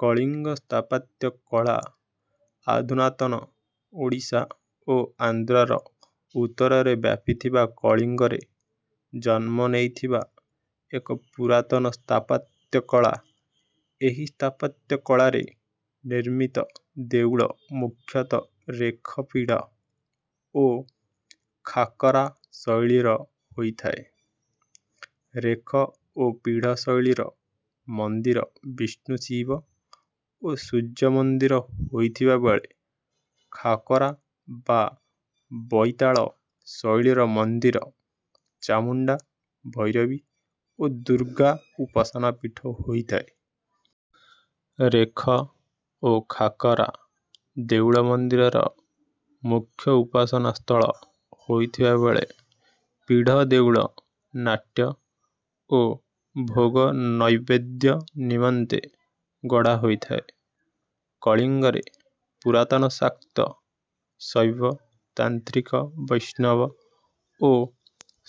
କଳିଙ୍ଗ ସ୍ଥାପତ୍ୟ କଳା ଆଧୁନାତନ ଓଡ଼ିଶା ଓ ଆନ୍ଧ୍ରର ଉତ୍ତରରେ ବ୍ୟାପିଥିବା କଳିଙ୍ଗରେ ଜନ୍ମ ନେଇଥିବା ଏକ ପୁରାତନ ସ୍ଥାପତ୍ୟ କଳା। ଏହି ସ୍ଥାପତ୍ୟ କଳାରେ ନିର୍ମିତ ଦେଉଳ ମୁଖ୍ୟତଃ ରେଖ ପୀଢ଼ ଓ ଖାକରା ଶୈଳୀର ହୋଇଥାଏ। ରେଖ ଓ ପୀଢ଼ ଶୈଳୀର ମନ୍ଦିର ବିଷ୍ଣୁ ଶିବ ଓ ସୂର୍ଯ୍ୟ ମନ୍ଦିର ହୋଇଥିବା ବେଳେ ଖାକରା ବା ବଇତାଳ ଶୈଳୀର ମନ୍ଦିର ଚାମୁଣ୍ଡା ଭୈରବୀ ଓ ଦୁର୍ଗା ଉପାସନା ପୀଠ ହୋଇଥାଏ। ରେଖ ଓ ଖାକରା ଦେଉଳ ମନ୍ଦିରର ମୁଖ୍ୟ ଉପାସନା ସ୍ଥଳ ହୋଇଥିବା ବେଳେ ପୀଢ଼ ଦେଉଳ ନାଟ୍ୟ ଓ ଭୋଗ ନୈବେଦ୍ୟ ନିମନ୍ତେ ଗଢ଼ାହୋଇଥାଏ। କଳିଙ୍ଗରେ ପୁରାତନ ଶାକ୍ତ ଶୈବ ତାନ୍ତ୍ରିକ ବୈଷ୍ଣବ ଓ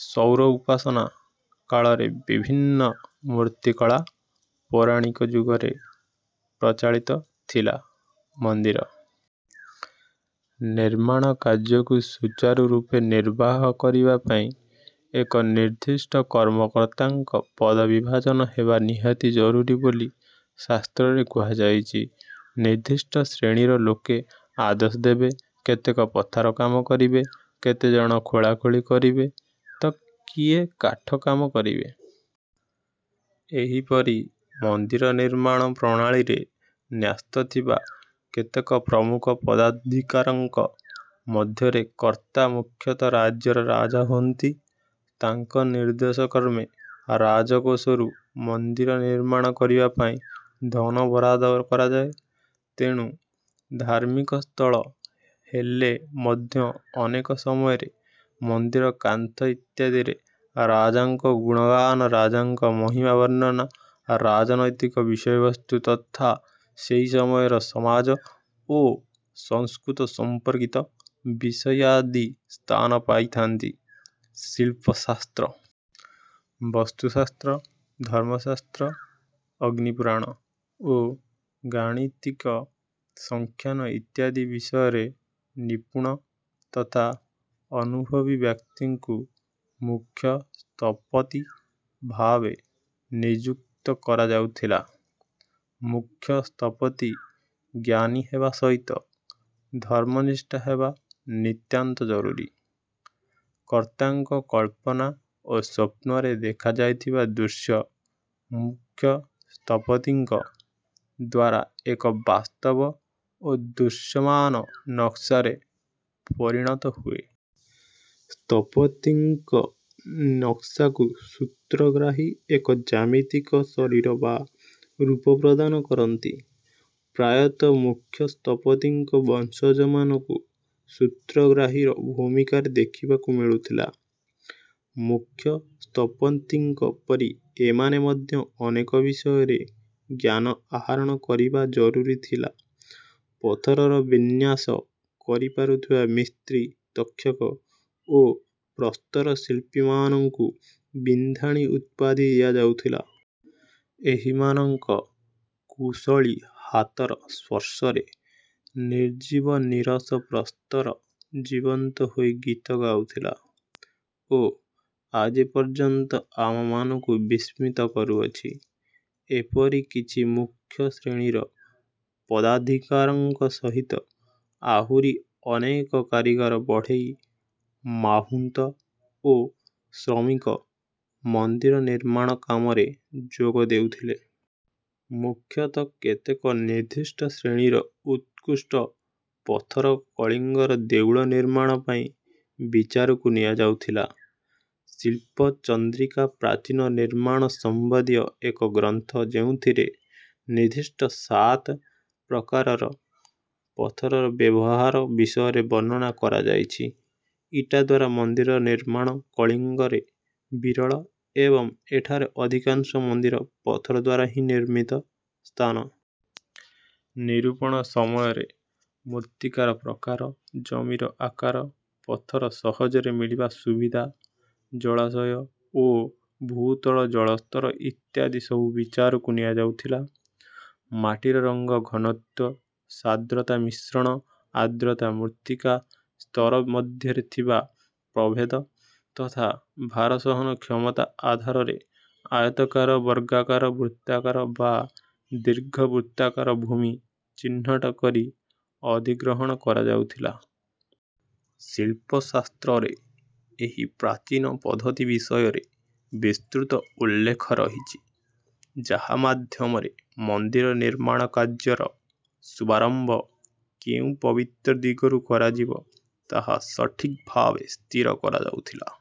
ସୌର ଉପାସନା କାଳରେ ବିଭିନ୍ନ ମୂର୍ତ୍ତିକଳା ପୌରାଣିକ ଯୁଗରେ ପ୍ରଚଳିତ ଥିଲା। ମନ୍ଦିର ନିର୍ମାଣ କାର୍ଯ୍ୟକୁ ସୁଚାରୁ ରୂପେ ନିର୍ବାହ କରିବା ପାଇଁ ଏକ ନିର୍ଦ୍ଦିଷ୍ଟ କର୍ମକର୍ତ୍ତାଙ୍କ ପଦବିଭାଜନ ହେବା ନିହାତି ଜରୁରୀ ବୋଲି ଶାସ୍ତ୍ରରେ କୁହାଯାଇଚି। ନିର୍ଦ୍ଦିଷ୍ଟ ଶ୍ରେଣୀର ଲୋକେ ଆଦେଶ ଦେବେ କେତେକ ପଥର କାମ କରିବେ କେତେ ଜଣ ଖୋଳାଖୋଳି କରିବେ ତ କିଏ କାଠ କାମ କରିବେ। ଏହିପରି ମନ୍ଦିର ନିର୍ମାଣ ପ୍ରଣାଳୀରେ ନ୍ୟସ୍ତ ଥିବା କେତେକ ପ୍ରମୁଖ ପଦାଧିକାରୀଙ୍କ ମଧ୍ୟରେ କର୍ତ୍ତା ମୁଖ୍ୟତଃ ରାଜ୍ୟର ରାଜା ହୁଅନ୍ତି। ତାଙ୍କ ନିର୍ଦ୍ଦେଶକ୍ରମେ ରାଜକୋଷରୁ ମନ୍ଦିର ନିର୍ମାଣ କରିବା ପାଇଁ ଧନ ବରାଦ କରାଯାଏ। ତେଣୁ ଧାର୍ମିକ ସ୍ଥଳ ହେଲେ ମଧ୍ୟ ଅନେକ ସମୟରେ ମନ୍ଦିର କାନ୍ଥ ଇତ୍ୟାଦିରେ ରାଜାଙ୍କ ଗୁଣଗାନ ରାଜାଙ୍କ ମହିମା ବର୍ଣ୍ଣନା ରାଜନୈତିକ ବିଷୟବସ୍ତୁ ତଥା ସେହି ସମୟର ସମାଜ ଓ ସଂସ୍କୃତି ସମ୍ପର୍କିତ ବିଷୟାଦି ସ୍ଥାନ ପାଇଥାନ୍ତି। ଶିଳ୍ପଶାସ୍ତ୍ର ବାସ୍ତୁଶାସ୍ତ୍ର ଧର୍ମଶାସ୍ତ୍ର ଅଗ୍ନି ପୁରାଣ ଓ ଗାଣିତିକ ସଂଖ୍ୟାନ ଇତ୍ୟାଦି ବିଷୟରେ ନିପୁଣ ତଥା ଅନୁଭବୀ ବ୍ୟକ୍ତିଙ୍କୁ ମୁଖ୍ୟ ସ୍ଥପତି ଭାବେ ନିଯୁକ୍ତ କରାଯାଉଥିଲା। ମୁଖ୍ୟ ସ୍ଥପତି ଜ୍ଞାନୀ ହେବା ସହିତ ଧର୍ମନିଷ୍ଠ ହେବା ନିତାନ୍ତ ଜରୁରୀ। କର୍ତ୍ତାଙ୍କ କଳ୍ପନା ଓ ସ୍ୱପ୍ନରେ ଦେଖାଯାଇଥିବା ଦୃଶ୍ୟ ମୁଖ୍ୟ ସ୍ଥପତିଙ୍କ ଦ୍ୱାରା ଏକ ବାସ୍ତବ ଓ ଦୃଶ୍ୟମାନ ନକ୍ସାରେ ପରିଣତ ହୁଏ। ସ୍ଥପତିଙ୍କ ନକ୍ସାକୁ ସୂତ୍ରଗ୍ରାହୀ ଏକ ଜ୍ୟାମିତିକ ଶରୀର ବା ରୂପ ପ୍ରଦାନ କରନ୍ତି। ପ୍ରାୟତଃ ମୁଖ୍ୟ ସ୍ଥପତିଙ୍କ ବଂଶଜମାନଙ୍କୁ ସୂତ୍ରଗ୍ରାହୀର ଭୂମିକାରେ ଦେଖିବାକୁ ମିଳୁଥିଲା। ମୁଖ୍ୟ ସ୍ଥପତିଙ୍କ ପରି ଏମାନେ ମଧ୍ୟ ଅନେକ ବିଷୟରେ ଜ୍ଞାନ ଆହରଣ କରିବା ଜରୁରୀ ଥିଲା। ପଥରର ବିନ୍ୟାସ କରିପାରୁଥିବା ମିସ୍ତ୍ରୀ ତକ୍ଷକ ଓ ପ୍ରସ୍ତର ଶିଳ୍ପୀମାନଙ୍କୁ ବିନ୍ଧାଣୀ ଉପାଧି ଦିଆଯାଉଥିଲା। ଏହିମାନଙ୍କ କୁଶଳୀ ହାତର ସ୍ପର୍ଶରେ ନିର୍ଜୀବ ନୀରସ ପ୍ରସ୍ତର ଜୀବନ୍ତ ହୋଇ ଗୀତ ଗାଉଥିଲା ଓ ଆଜି ପର୍ଯ୍ୟନ୍ତ ଆମମାନଙ୍କୁ ବିସ୍ମିତ କରୁଅଛି। ଏପରି କିଛି ମୁଖ୍ୟ ଶ୍ରେଣୀର ପଦାଧିକାରଙ୍କ ସହିତ ଆହୁରି ଅନେକ କାରିଗର ବଢ଼େଇ ମାହୁନ୍ତ ଓ ଶ୍ରମିକ ମନ୍ଦିର ନିର୍ମାଣ କାମରେ ଯୋଗ ଦେଉଥିଲେ। ମୁଖ୍ୟତଃ କେତେକ ନିର୍ଦ୍ଦିଷ୍ଟ ଶ୍ରେଣୀର ଉତ୍କୃଷ୍ଟ ପଥର କଳିଙ୍ଗର ଦେଉଳ ନିର୍ମାଣ ପାଇଁ ବିଚାରକୁ ନିଆଯାଉଥିଲା। ଶିଳ୍ପ ଚନ୍ଦ୍ରିକା ପ୍ରାଚୀନ ନିର୍ମାଣ ସମ୍ବନ୍ଧୀୟ ଏକ ଗ୍ରନ୍ଥ ଯେଉଁଥିରେ ନିର୍ଦ୍ଦିଷ୍ଟ ସାତେ ପ୍ରକାରର ପଥରର ବ୍ୟବହାର ବିଷୟରେ ବର୍ଣ୍ଣନା କରାଯାଇଛି। ଇଟା ଦ୍ୱାରା ମନ୍ଦିର ନିର୍ମାଣ କଳିଙ୍ଗରେ ବିରଳ ଏବଂ ଏଠାରେ ଅଧିକାଂଶ ମନ୍ଦିର ପଥର ଦ୍ୱାରା ହିଁ ନିର୍ମିତ। ସ୍ଥାନ ନିରୂପଣ ସମୟରେ ମୃତ୍ତିକାର ପ୍ରକାର ଜମିର ଆକାର ପଥର ସହଜରେ ମିଳିବା ସୁବିଧା ଜଳାଶୟ ଓ ଭୂତଳ ଜଳସ୍ତର ଇତ୍ୟାଦି ସବୁ ବିଚାରକୁ ନିଆଯାଉଥିଲା। ମାଟିର ରଙ୍ଗ ଘନତ୍ୱ ସାନ୍ଦ୍ରତା ମିଶ୍ରଣ ଆର୍ଦ୍ରତା ମୃତ୍ତିକା ସ୍ତର ମଧ୍ୟରେ ଥିବା ପ୍ରଭେଦ ତଥା ଭାରସହନ କ୍ଷମତା ଆଧାରରେ ଆୟତାକାର ବର୍ଗାକାର ବୃତ୍ତାକାର ବା ଦୀର୍ଘବୃତ୍ତାକାର ଭୂମି ଚିହ୍ନଟ କରି ଅଧିଗ୍ରହଣ କରାଯାଉଥିଲା। ଶିଳ୍ପଶାସ୍ତ୍ରରେ ଏହି ପ୍ରାଚୀନ ପଦ୍ଧତି ବିଷୟରେ ବିସ୍ତୃତ ଉଲ୍ଲେଖ ରହିଛି ଯାହା ମାଧ୍ୟମରେ ମନ୍ଦିର ନିର୍ମାଣ କାର୍ଯ୍ୟର ଶୁଭାରମ୍ଭ କେଉଁ ପବିତ୍ର ଦିଗରୁ କରାଯିବ ତାହା ସଠିକ୍ ଭାବେ ସ୍ଥିର କରାଯାଉଥିଲା।